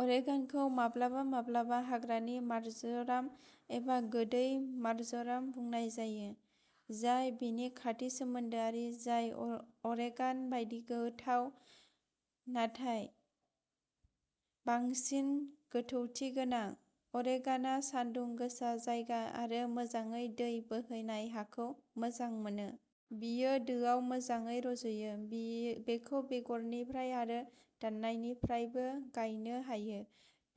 अरेगान'खौ माब्लाबा माब्लाबा हाग्रानि मार्जराम एबा गोदै मार्जराम बुंनाय जायो, जाय बेनि खाथि सोमोन्दोआरि, जाय अ अरेगान' बायदि गोथाव नाथाय बांसिन गोथौथि गोनां। अरेगान'आ सानदुं गोसा जायगा आरो मोजाङै दै बोहैनाय हाखौ मोजां मोनो। बेयो दोआव मोजाङै रज'यो। बेखौ बेगरनिफ्राय आरो दाननायनिफ्रायबो गायनो हायो।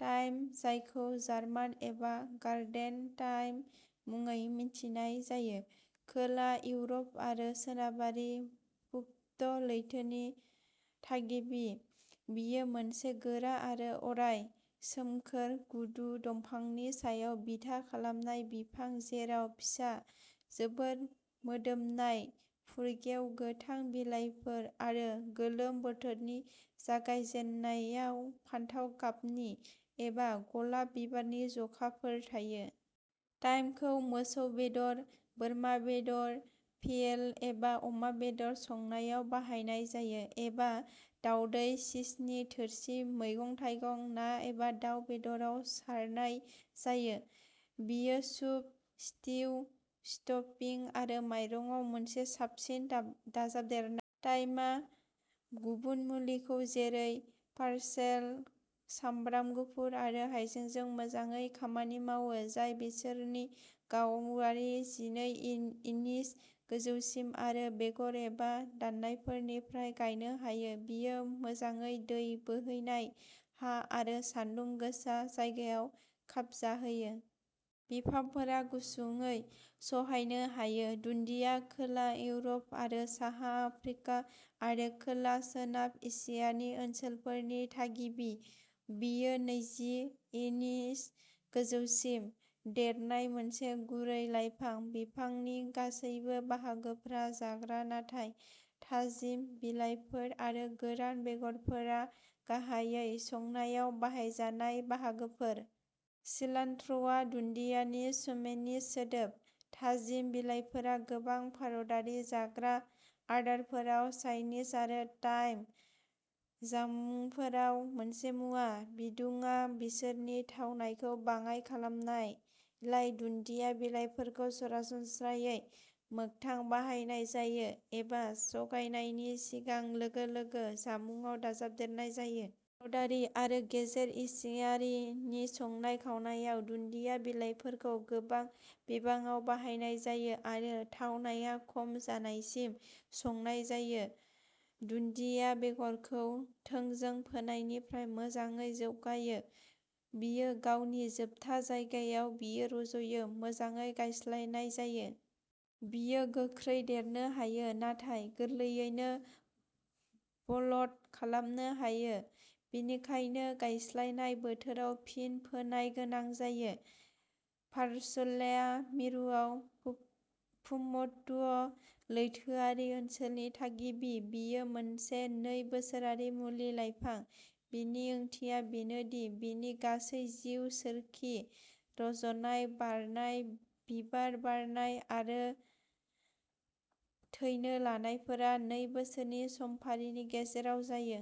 थाइम, जायखौ जार्मान एबा गार्डेन थाइम मुङै मिथिनाय जायो, खोला इउर'प आरो सोनाबारि भुक्ट लैथोनि थागिबि। बियो मोनसे गोरा अराय सोमखोर, गुदु, दंफांनि सायाव बिथा खालामनाय बिफां, जेराव फिसा, जोबोद मोदोमनाय, फुरगेव गोथां बिलाइफोर आरो गोलोम बोथोरनि जागायजेन्नायाव फान्थाव गाबनि एबा गलाब बिबारनि जखाफोर थायो। थाइमखौ मोसौ बेदर, बोरमा बेदर, भियेल एबा अमा बेदर संनायाव बाहायनाय जायो, एबा दावदै, चीजनि थोरसि, मैगं थाइगं, ना एबा दाव बेदराव सारनाय जायो। बेयो सुप, स्टिउ, स्टफिं आरो माइरंआव मोनसे साबसिन दा दाजाबदेरनाय। थाइमआ गुबुन मुलिखौ जेरै पार्सेल, सामब्राम गुफुर आरो हायजेंजों मोजाङै खामानि मावो, जाय बिसोरनि गावारि जिनै इ इनि गोजौसिम आरो बेगर एबा दाननायफोरनिफ्राय गायनो हायो। बेयो मोजाङै दै बोहैनाय हा आरो सानदुं गोसा जायगायाव खाबजाहोयो। बिफांफोरा गुसुखौ सहायनो हायो। दुन्दिया खोला इउरप आरो साहा आफ्रिका आरो खोला सोनाब एसियानि ओनसोलफोरनि थागिबि। बियो नैजि इनि गोजौसिम देरनाय मोनसे गुरै लाइफां। बिफांनि गासैबो बाहागोफोरा जाग्रा, नाथाय थाजिम बिलाइफोर आरो गोरान बेगरफोरा गाहायै संनायाव बाहायजानाय बाहागोफोर। सिलान्ट्र'आ दुन्दियानि समेनिश सोदोब। थाजिम बिलाइफोरा गोबां भारतारि जाग्रा आदारफोराव चाइनिज आरो थाई जामुंफोराव मोनसे मुवा। बिदुंआ बिसोरनि थावनायखौ बाङाइ खालामनायलाय, दुन्दिया बिलाइफोरखौ सरासनस्रायै मोगथां बाहायनाय जायो एबा जगायनायनि सिगां लोगो लोगो जामुंआव दाजाबदेरनाय जायो। भारतारि आरो गेजेर एसियानि संनाय खावनायाव, दुन्दिया बिलाइफोरखौ गोबां बिबाङाव बाहायनाय जायो आरो थावनाया खम जानायसिम संनाय जायो। दुन्दिया बेगरखौ थोंजों फोनायनिफ्राय मोजाङै जौगायो। बेयो गावनि जोबथा जायगायाव। बेयो रज'यो। मोजाङै गायस्लायनाय जायो। बेयो गोख्रै देरनो हायो नाथाय गोरलैयैनो बल्ट खालामनो हायो, बेनिखायनो गायस्लायनाय बोथोराव फिन फोनाय गोनां जायो। पार्सलेआ मिरुआरि भुमध्य लैथोआरि ओनसोलनि थागिबि। बेयो मोनसे नै बोसोरारि मुलि लाइफां। बेनि ओंथिया बेनो दि बिनि गासै जिउ सोरखि, रज'नाय, बारनाय, बिबार बारनाय आरो थैनो लानायफोरा नै बोसोरनि समफारिनि गेजेराव जायो।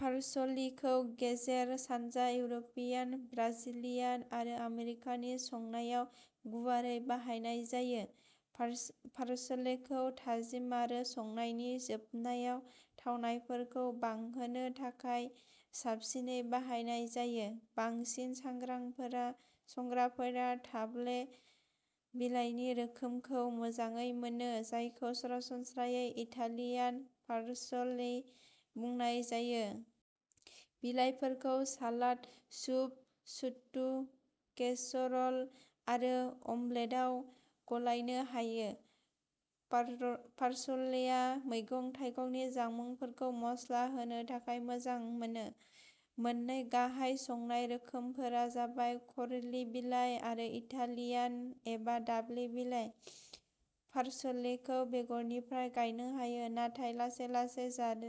पार्सलेखौ गेजेर सानजा, इउर'पियान, ब्राजिलियान आरो आमेरिकानि संनायाव गुवारै बाहायनाय जायो। पार पार्सलेखौ थाजिम आरो संनायनि जोबनायाव थावनायफोरखौ बांहोनो थाखाय साबसिनै बाहायनाय जायो। बांसिन सांग्रांफोरा संग्राफोरा दाब्ले बिलाइनि रोखोमखौ मोजां मोनो, जायखौ सरासनस्रायै इटालियान पार्सले बुंनाय जायो। बिलाइफोरखौ सालाद, सुप, स्टु, केसर'ल आरो अमलेटआव गलायनो हायो। पारल पार्सलेआ मैगं थाइगंनि जामुंफोरखौ मस्ला होनो थाखाय मोजां मोनो। मोननै गाहाय संनाय रोखोमफोरा जाबाय कर्ली बिलाइ आरो इटालियान, एबा दाब्ले बिलाइ। पार्सलेखौ बेगरनिफ्राय गायनो हायो नाथाय लासै लासै जार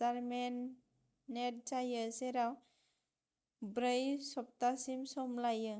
जारमेनेट जायो, जेराव ब्रै सप्तासिम सम लायो।